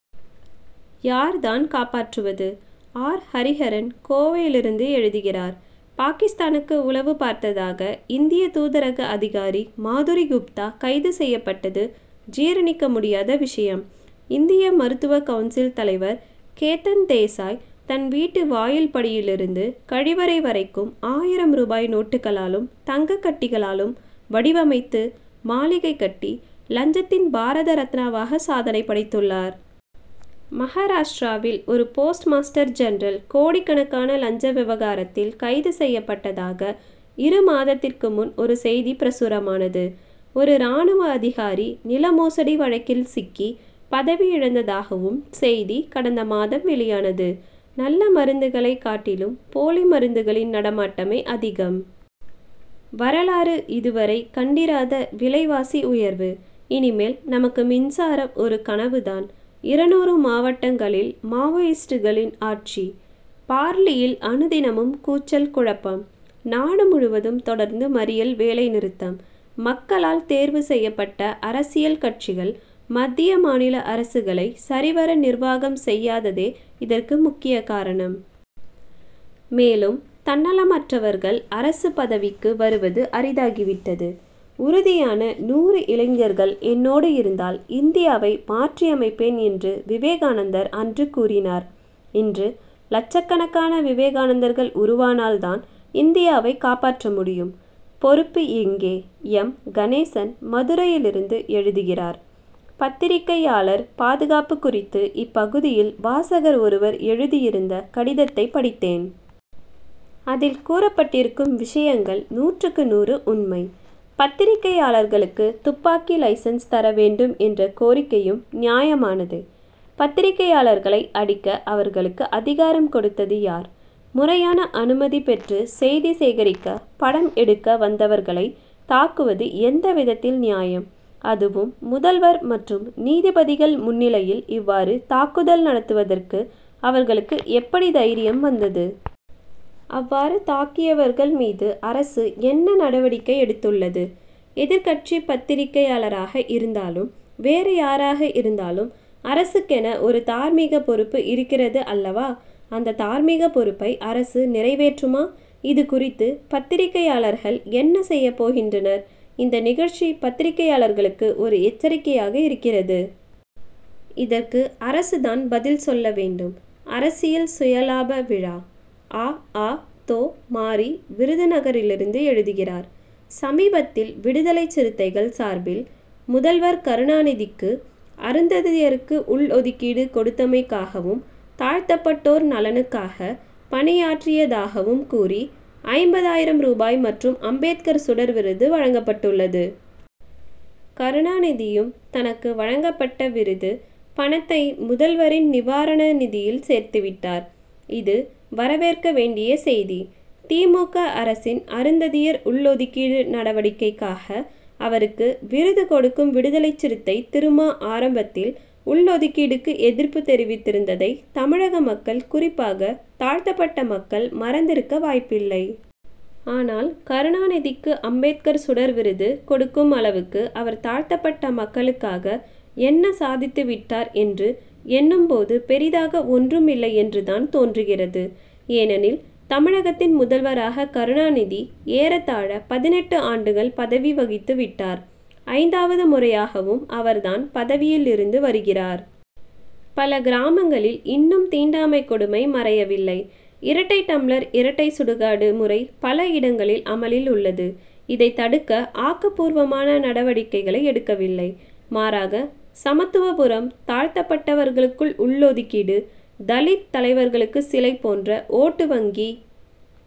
யார் தான் காப்பாற்றுவது? ஆர். ஹரிஹரன் கோவையிலிருந்து எழுதுகிறார் பாகிஸ்தானுக்கு உளவு பார்த்ததாக இந்திய தூதரக அதிகாரி மாதுரி குப்தா கைது செய்யப்பட்டது ஜீரணிக்க முடியாத விஷயம். இந்திய மருத்துவக்கவுன்சில் தலைவர் கேதன் தேசாய் தன் வீட்டு வாயில்படியிலிருந்து கழிவறை வரைக் கும் ஆயிரம் ரூபாய் நோட்டுகளாலும் தங்கக்கட்டிகளாலும் வடிவமைத்து மாளிகை கட்டி லஞ்சத்தின் பாரத ரத்னாவாக சாதனை படைத்துள்ளார். மகாராஷ்டிராவில் ஒரு போஸ்ட் மாஸ்டர் ஜெனரல் கோடிக்கணக்கான லஞ்ச விவகாரத்தில் கைது செய்யப்பட்டதாக இரு மாதத்திற்கு முன் ஒரு செய்தி பிரசுரமானது. ஒரு ராணுவ அதிகாரி நிலமோசடி வழக்கில் சிக்கி பதவியிழந்ததாகவும் செய்தி கடந்த மாதம் வெளியானது. நல்ல மருந்துகளை காட்டிலும் போலி மருந்துகளின் நடமாட்டமே அதிகம். வரலாறு இதுவரை கண்டிராத விலைவாசி உயர்வு. இனிமேல் நமக்கு மின்சாரம் ஒரு கனவு தான். இருநூறு மாவட்டங்களில் மாவோயிஸ்டுகளின் ஆட்சி. பார்லியில் அனுதினமும் கூச்சல் குழப்பம். நாடு முழுவதும் தொடர்ந்து மறியல் வேலைநிறுத்தம். மக்களால் தேர்வு செய்யப்பட்ட அரசியல் கட்சிகள் மத்திய மாநில அரசுகளை சரிவர நிர்வாகம் செய்யாததே இதற்கு முக்கிய காரணம். மேலும் தன்னலமற்றவர்கள் அரசு பதவிக்கு வருவது அரிதாகிவிட்டது. உறுதியான நூறு இளைஞர்கள் என்னோடு இருந்தால் இந்தியாவை மாற்றியமைப்பேன் என்று விவேகானந்தர் அன்று கூறினார். இன்று லட்சக்கணக்கான விவேகானந்தர்கள் உருவானால் தான் இந்தியாவை காப்பாற்ற முடியும். பொறுப்பு எங்கே? எம். கணேசன் மதுரையிலிருந்து எழுதுகிறார் பத்திரிகையாளர் பாதுகாப்பு குறித்து இப்பகுதியில் வாசகர் ஒருவர் எழுதியிருந்த கடிதத்தைப் படித்தேன். அதில் கூறப்பட்டிருக்கும் விஷயங்கள் நூற்றுக்கு நூறு உண்மை. பத்திரிகையாளர்களுக்கு துப்பாக்கி லைசென்ஸ் தர வேண்டும் என்ற கோரிக்கையும் நியாயமானதே. பத்திரிகையாளர்களை அடிக்க அவர்களுக்கு அதிகாரம் கொடுத்தது யார்? முறையான அனுமதி பெற்று செய்தி சேகரிக்க படம் எடுக்க வந்தவர்களைத் தாக்குவது எந்த விதத்தில் நியாயம்? அதுவும் முதல்வர் மற்றும் நீதிபதிகள் முன்னிலையில் இவ்வாறு தாக்குதல் நடத்துவதற்கு அவர்களுக்கு எப்படி தைரியம் வந்தது? அவ்வாறு தாக்கியவர்கள் மீது அரசு என்ன நடவடிக்கை எடுத்துள்ளது? எதிர்க்கட்சி பத்திரிகையாளராக இருந்தாலும் வேறு யாராக இருந்தாலும் அரசுக்கென ஒரு தார்மீகப் பொறுப்பு இருக்கிறது அல்லவா? அந்த தார்மீகப் பொறுப்பை அரசு நிறைவேற்றுமா? இது குறித்து பத்திரிகையாளர்கள் என்ன செய்யப் போகின்றனர்? இந்த நிகழ்ச்சி பத்திரிகையாளர்களுக்கு ஒரு எச்சரிக்கையாக இருக்கிறது. இதற்கு அரசுதான் பதில் சொல்ல வேண்டும். அரசியல் சுயலாப விழா! அ. அ. தொ. மாரி விருதுநகரிலிருந்து எழுதுகிறார் சமீபத்தில் விடுதலைச் சிறுத்தைகள் சார்பில் முதல்வர் கருணாநிதிக்கு அருந்ததியருக்கு உள்ஒதுக்கீடு கொடுத்தமைக்காகவும் தாழ்த்தப்பட்டோர் நலனுக்காக பணியாற்றியதாகவும் கூறி ஐம்பது ஆயிரம் ரூபாய் மற்றும் அம்பேத்கர் சுடர் விருது வழங்கப்பட்டுள்ளது. கருணாநிதியும் தனக்கு வழங்கப்பட்ட விருது பணத்தை முதல்வரின் நிவாரண நிதியில் சேர்த்துவிட்டார். இது வரவேற்க வேண்டிய செய்தி. தி. மு. க. அரசின் அருந்ததியர் உள்ஒதுக்கீடு நடவடிக்கைக்காக அவருக்கு விருது கொடுக்கும் விடுதலைச் சிறுத்தை திருமா ஆரம்பத்தில் உள்ஒதுக்கீடுக்கு எதிர்ப்பு தெரிவித்திருந்ததை தமிழக மக்கள் குறிப்பாக தாழ்த்தப்பட்ட மக்கள் மறந்திருக்க வாய்ப்பில்லை. ஆனால் கருணாநிதிக்கு அம்பேத்கர் சுடர் விருது கொடுக்கும் அளவுக்கு அவர் தாழ்த்தப்பட்ட மக்களுக்காக என்ன சாதித்து விட்டார் என்று எண்ணும் போது பெரிதாக ஒன்றும் இல்லை என்று தான் தோன்றுகிறது. ஏனெனில் தமிழகத்தின் முதல்வராக கருணாநிதி ஏறத்தாழ பதினெட்டு ஆண்டுகள் பதவி வகித்து விட்டார் ஐந்தாவது முறையாகவும் அவர்தான் பதவியில் இருந்து வருகிறார். பல கிராமங்களில் இன்னும் தீண்டாமைக் கொடுமை மறையவில்லை. இரட்டை டம்ளர் இரட்டை சுடுகாடு முறை பல இடங்களில் அமலில் உள்ளது. இதை தடுக்க ஆக்கப்பூர்வமான நடவடிக்கைகளை எடுக்கவில்லை. மாறாக சமத்துவபுரம் தாழ்த்தப்பட்டவர்களுக்குள் உள்ஒதுக்கீடு தலித் தலைவர்களுக்கு சிலை போன்ற ஓட்டு வங்கி